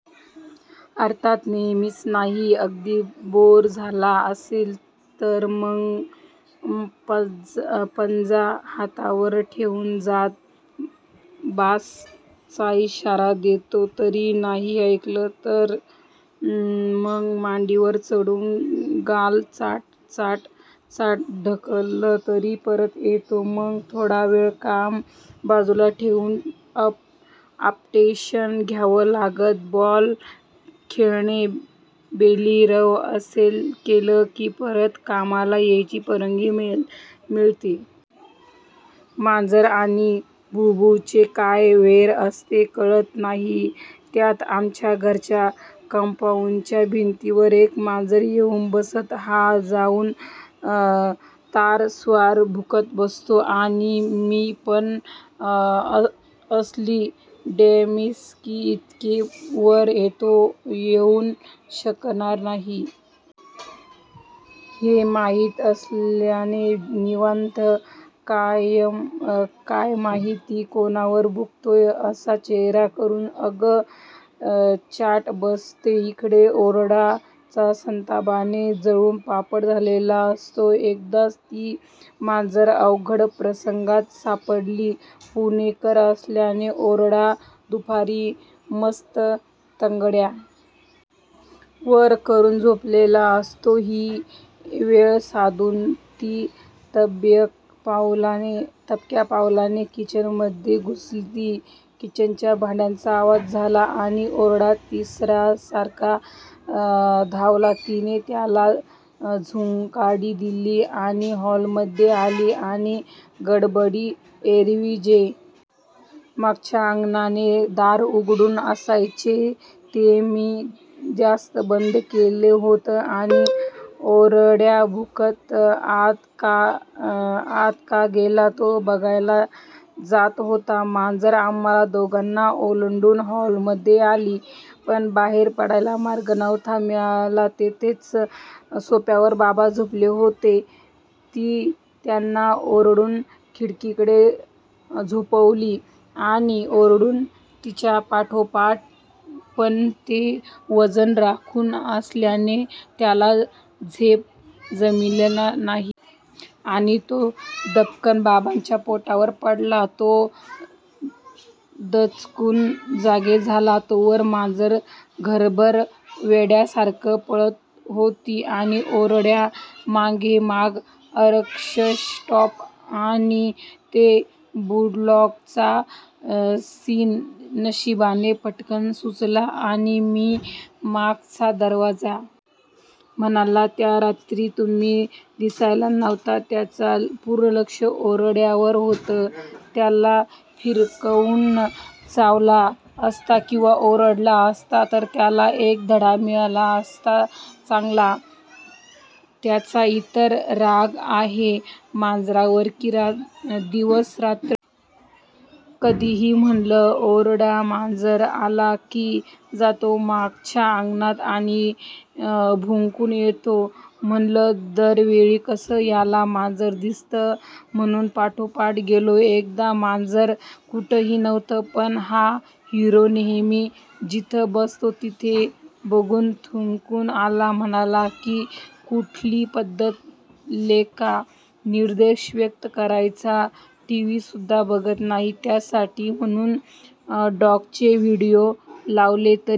अर्थात नेहमीच नाही, अगदी बोर झाला असेल, तर मग पंजा हातावर ठेऊन आता बास चा इशारा देतो, तरीही नाही ऐकलं तर मग मांडीवर चढून गाल चाट, हात चाट ढकललं तरी परत येतो मग थोडा वेळ काम बाजूला ठेऊन अटेंशन द्यावं लागतं, बॉल खेळणे, बेली रब असलं केलं की परत कामाला जायची परवानगी मिळते. मांजर आणि भुभु चे काय वैर असते कळत नाही त्यात आमच्या घराच्या कंपाउंड च्या भिंतीवर एक मांजर येऊन बसत हा जाऊन तारस्वरात भुंकत बसतो. आणि ती पण असली डॅम्बिस की इतक्या वर तो येऊ शकणार नाही. हे माहिती असल्याने निवांत कायमहिती कोणावर भुंकतोय असा चेहरा करून अंग चाटत बसते इकडे ओड्या चा संतापाने जळून पापड झालेला असतो. एकदाच ती मांजर अवघड प्रसंगात सापडली पुणेकर असल्याने ओड्या दुपारी मस्त तंगड्या वर करून झोपलेला असतो ही वेळ साधून ती दबक्या पावलाने किचन मध्ये घुसली किंचित भांड्याचा आवाज झाला आणि ओड्या तिरासारखा धावला तिने त्याला झुकांडी दिली आणि हॉल मध्ये आली आणि गडबडली एरवी जे मागच्या अंगणाचे दार उघड असायचं ते मी जस्ट बंद केलं होतं आणि ओड्या भुंकत आत का गेलो ते बघायला जात होतो मांजर आम्हाला दोघांना ओलांडून हॉल मध्ये आली पण बाहेर पडायला मार्ग नव्हता तिथेच सोफ्यावर बाबा झोपले होते ती त्यांना ओलांडून खिडकीकडे झेपावली आणि ओड्या तिच्यापाठोपाठ पण तो वजन राखून असल्याने त्याला झेप जमलीच नाही. आणि तो बदकन बाबांच्या पोटावर पडला ते दचकून जागे झाले तोवर मांजर घरभर वेड्यासारखं पळत होत. आणि ओड्या मागोमाग अक्षरशः टॉम आणि ते बुलडॉग चा सिन नशिबाने पटकन सुचलं आणि मी मागचा दरवाजा म्हणलं त्याला तुम्ही दिसलाच नव्हता, त्याचं पूर्ण लक्ष ओड्या वर होतं त्यालाच फिस्करून चावला असतं किंवा ओरबाडल असतं त्यालाही एक धडा मिळाला असता चांगला त्याचा तर इतका राग आहे मांजरावर की दिवसा रात्री कधीही म्हणलं, ओड्या मांजर आलं की जातो मागच्या अंगणात आणि भुंकून येतो म्हणलं दर वेळी कसं याला मांजर दिसतं म्हणून पाठोपाठ गेलो एकदा तर मांजर कुठंही नव्हतं पण हा हिरो ते नेहमी जिथं बसतं तिथे बघून भुंकून आला म्हणलं की कुठली पद्धत लेका निषेध व्यक्त करायची टीव्ही सुद्धा बघत नाही. त्याच्यासाठी म्हणून डॉग चे व्हीडिओ लावले तरी,--